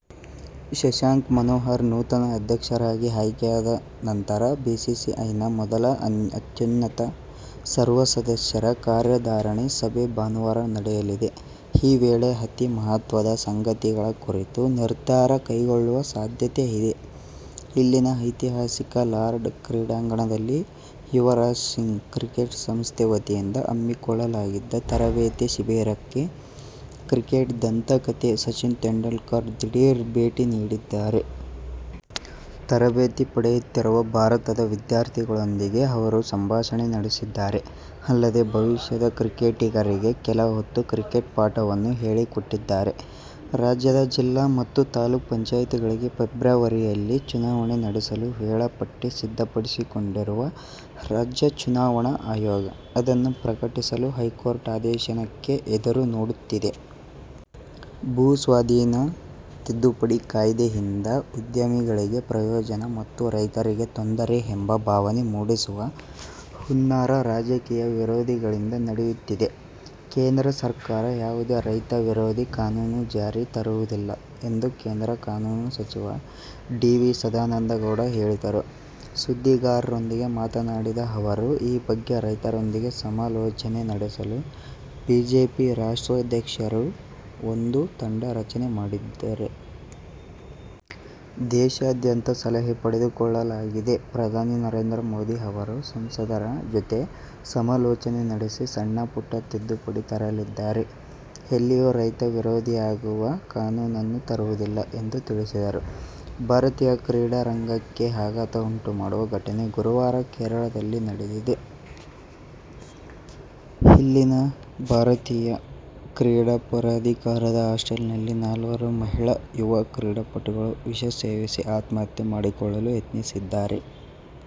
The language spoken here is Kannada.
ಶಶಾಂಕ್ ಮನೋಹರ್ ನೂತನ ಅಧ್ಯಕ್ಷರಾಗಿ ಆಯ್ಕೆಯಾದ ನಂತರ ಬಿಸಿಸಿಐನ ಮೊದಲ ಅತ್ಯುನ್ನತ ಸರ್ವಸದಸ್ಯರ ಕಾರ್ಯಕಾರಿಣಿ ಸಭೆ ಭಾನುವಾರ ನಡೆಯಲಿದೆ. ಈ ವೇಳೆ ಅತಿ ಮಹತ್ವದ ಸಂಗತಿಗಳ ಕುರಿತು ನಿರ್ಧಾರ ಕೈಗೊಳ್ಳುವ ಸಾಧ್ಯತೆಯಿದೆ. ಇಲ್ಲಿನ ಐತಿಹಾಸಿಕ ಲಾರ್ಡ್ಸ್ ಕ್ರೀಡಾಂಗಣದಲ್ಲಿ ಯುವರಾಜ್ ಸಿಂಗ್ ಕ್ರಿಕೆಟ್ ಸಂಸ್ಥೆ ವತಿಯಿಂದ ಹಮ್ಮಿಕೊಳ್ಳಲಾಗಿದ್ದ ತರಬೇತಿ ಶಿಬಿರಕ್ಕೆ ಕ್ರಿಕೆಟ್ ದಂತಕತೆ ಸಚಿನ್ ತೆಂಡುಲ್ಕರ್ ದಿಢೀರ್ ಭೇಟಿ ನೀಡಿದ್ದಾರೆ. ತರಬೇತಿ ಪಡೆಯುತ್ತಿರುವ ಭಾರತದ ವಿದ್ಯಾರ್ಥಿಗಳೊಂದಿಗೆ ಅವರು ಸಂಭಾಷಣೆ ನಡೆಸಿದ್ದಾರೆ. ಅಲ್ಲದೆ ಭವಿಷ್ಯದ ಕ್ರಿಕೆಟಿಗರಿಗೆ ಕೆಲ ಹೊತ್ತು ಕ್ರಿಕೆಟ್ ಪಾಠವನ್ನೂ ಹೇಳಿಕೊಟ್ಟಿದ್ದಾರೆ. ರಾಜ್ಯದ ಜಿಲ್ಲಾ ಮತ್ತು ತಾಲೂಕು ಪಂಚಾಯ್ತಿಗಳಿಗೆ ಫೆಬ್ರವರಿಯಲ್ಲಿ ಚುನಾವಣೆ ನಡೆಸಲು ವೇಳಾಪಟ್ಟಿ ಸಿದ್ಧಪಡಿಸಿಕೊಂಡಿರುವ ರಾಜ್ಯ ಚುನಾವಣಾ ಆಯೋಗ, ಅದನ್ನು ಪ್ರಕಟಿಸಲು ಹೈಕೋರ್ಟ್ ಆದೇಶಕ್ಕಾಗಿ ಎದುರು ನೋಡುತ್ತಿದೆ. ಭೂ ಸ್ವಾಧೀನ ತಿದ್ದುಪಡಿ ಕಾಯಿದೆಯಿಂದ ಉದ್ಯಮಗಳಿಗೆ ಪ್ರಯೋಜನ ಮತ್ತು ರೈತರಿಗೆ ತೊಂದರೆ ಎಂಬ ಭಾವನೆ ಮೂಡಿಸುವ ಹುನ್ನಾರ ರಾಜಕೀಯ ವಿರೋಧಿಗಳಿಂದ ನಡೆಯುತ್ತಿದೆ. ಕೇಂದ್ರ ಸರ್ಕಾರ ಯಾವುದೇ ರೈತ ವಿರೋಧಿ ಕಾನೂನು ಜಾರಿಗೆ ತರುವುದಿಲ್ಲ ಎಂದು ಕೇಂದ್ರ ಕಾನೂನು ಸಚಿವ ಡಿ. ವಿ. ಸದಾನಂದಗೌಡ ಹೇಳಿದರು. ಸುದ್ದಿಗಾರರೊಂದಿಗೆ ಮಾತನಾಡಿದ ಅವರು, ಈ ಬಗ್ಗೆ ರೈತರೊಂದಿಗೆ ಸಮಾಲೋಚನೆ ನಡೆಸಲು ಬಿಜೆಪಿ ರಾಷ್ಟ್ರಾಧ್ಯಕರು ಒಂದು ತಂಡ ರಚನೆ ಮಾಡಿದ್ದಾರೆ. ದೇಶಾದ್ಯಂತ ಸಲಹೆ ಪಡೆದುಕೊಳ್ಳಲಾಗಿದೆ. ಪ್ರಧಾನಿ ನರೇಂದ್ರ ಮೋದಿ ಅವರು ಸಂಸದರ ಜತೆ ಸಮಾಲೋಚನೆ ನಡೆಸಿ ಸಣ್ಣಪುಟ್ಟ ತಿದ್ದುಪಡಿ ತರಲಿದ್ದಾರೆ. ಎಲ್ಲಿಯೂ ರೈತ ವಿರೋಧಿಯಾಗುವ ಕಾನೂನನ್ನು ತರುವುದಿಲ್ಲ ಎಂದು ತಿಳಿಸಿದರು. ಭಾರತೀಯ ಕ್ರೀಡಾರಂಗಕ್ಕೇ ಆಘಾತ ಉಂಟು ಮಾಡುವ ಘಟನೆ ಗುರುವಾರ ಕೇರಳದಲ್ಲಿ ನಡೆದಿದೆ. ಇಲ್ಲಿನ ಭಾರತೀಯ ಕ್ರೀಡಾ ಪ್ರಾಧಿಕಾರದ ಹಾಸ್ಟೆಲ್ನಲ್ಲಿ ನಾಲ್ವರು ಮಹಿಳಾ ಯುವ ಕ್ರೀಡಾಪಟುಗಳು ವಿಷಸೇವಿಸಿ ಆತ್ಮಹತ್ಯೆ ಮಾಡಿಕೊಳ್ಳಲು ಯತ್ನಿಸಿದ್ದಾರೆ.